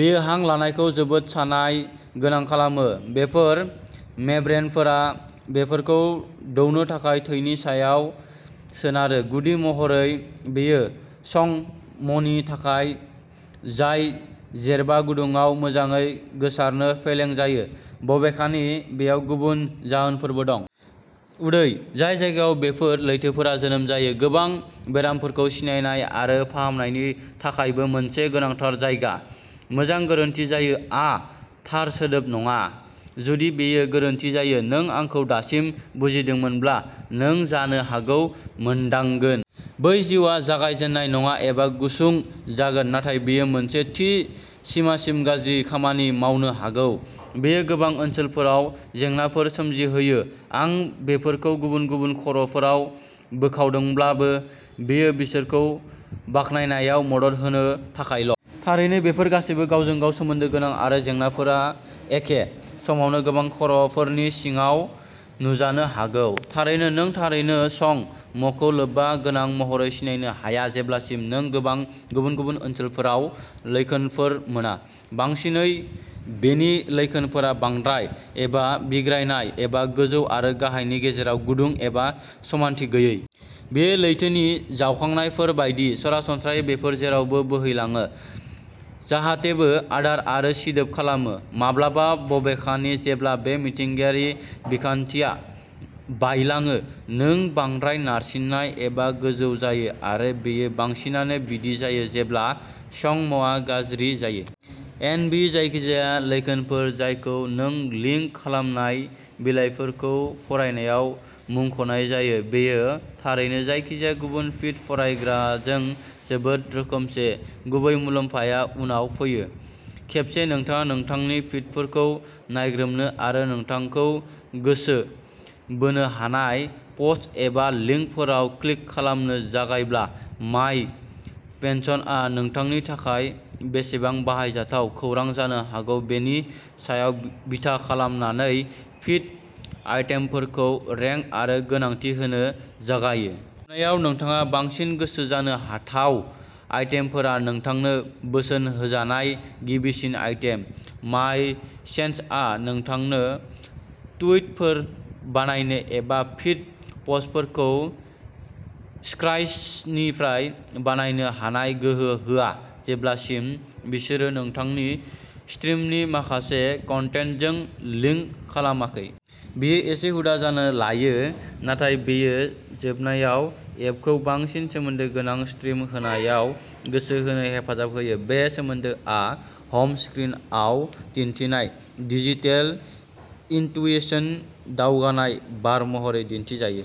बेयो हां लानायखौ जोबोद सानाय गोनां खालामो। बेफोर मेम्ब्रेनफोरा बेफोरखौ दौनो थाखाय थैनि सायाव सोनारोः गुदि महरै बेयो चं म'नि थाखाय, जाय जेरबा गुदुङाव मोजाङै गोसारनो फेलें जायो, बबेखानि बेयाव गुबुन जाहोनफोरबो दं। उदै, जाय जायगायाव बेफोर लैथोफोरा जोनोम जायो, गोबां बेरामफोरखौ सिनायनाय आरो फाहामनायनि थाखायबो मोनसे गोनांथार जायगा। मोजां,'गोरोन्थि जायो'आ थार सोदोब नङा! जुदि बेयो गोरोन्थि जायो, नों आंखौ दासिम बुजिदोंमोनब्ला, नों जानो हागौ मोनदांगोन। बै जिउआ जागाय जेननाय नङा एबा गुसुं जागोन। नाथाय बेयो मोनसे थि सिमासिम गाज्रि खामानि मावनो हागौ। बेयो गोबां ओनसोलफोराव जेंनाफोर सोमजिहोयो। आं बेफोरखौ गुबुन गुबुन खर'फोराव बोखावदोंब्लाबो, बेयो बिसोरखौ बाखनायनायाव मदद होनो थाखायल'। थारैनो, बेफोर गासैबो गावजों-गाव सोमोन्दो गोनां आरो जेंनाफोरा एखे समावनो गोबां खर'फोरनि सिङाव नुजानो हागौ। थारैनो, नों थारैनो चं म'खौ लोब्बा गोनां महरै सिनायनो हाया जेब्लासिम नों गोबां गुबुन-गुबुन ओनसोलफोराव लैखोनफोर मोना। बांसिनै, बेनि लैखोनफोरा बांद्राय, एबा'बिग्रायनाय', एबा गोजौ आरो गाहायनि गेजेराव गुदुं एबा समानथि गैयै। बेयो लैथोनि जावखांनायफोर बायदि। सरासनस्रायै बेफोर जेरावबो बोहैलाङो, जाहातेबो आदार आरो सिदोब खालामो। माब्लाबा, बबेखानि, जेब्ला बे मिथिंगायारि बिखान्थिया बायलाङो, नों बांद्राय नारसिननाय एबा गोजौ जायो, आरो बेयो बांसिनानो बिदि जायो जेब्ला चं म'आ गाज्रि जायो। एन. बि. जायखिजाया लैखोनफोर जायखौ नों लिंक खालामनाय बिलाइफोरखौ फरायनायाव मुंख'नाय जायो। बेयो थारैनो जायखिजाया गुबुन फिड फरायग्राजों जोबोद रोखोमसे। गुबै मुलाम्फाया उनाव फैयो। खेबसे नोंथाङा नोंथांनि फिडफोरखौ नायग्रोमनो आरो नोंथांखौ गोसो बोनो हानाय पस्ट एबा लिंकफोराव क्लिक खालामनो जागायब्ला, माय सेन्सनआ नोंथांनि थाखाय बेसेबां बाहायजाथाव खौरां जानो हागौ बेनि सायाव बिथा खालामनानै फिड आइटेमफोरखौ रेंक आरो गोनांथि होनो जागायो। जोबनायाव, नोंथाङा बांसिन गोसो जानो हाथाव आइटेमफोरा नोंथांनो बोसोन होजानाय गिबिसिन आइटेम। माय सेन्सआ नोंथांनो टुइटफोर बानायनो एबा फिड पस्टफोरखौ स्क्र्याचनिफ्राय बानायनो हानाय गोहो होआ, जेब्लासिम बिसोरो नोंथांनि स्ट्रिमनि माखासे कन्टेन्टजों लिंक खालामाखै। बेयो एसे हुदा जानो लायो, नाथाय बेयो जोबनायाव एपखौ बांसिन सोमोन्दो गोनां स्ट्रिम होनायाव गोसो होनो हेफाजाब होयो। बे सोमोन्दोआ हम स्क्रिनआव दिन्थिनाय "डिजिटेल इन्टुइशन" दावगानाय बार महरै दिन्थिजायो।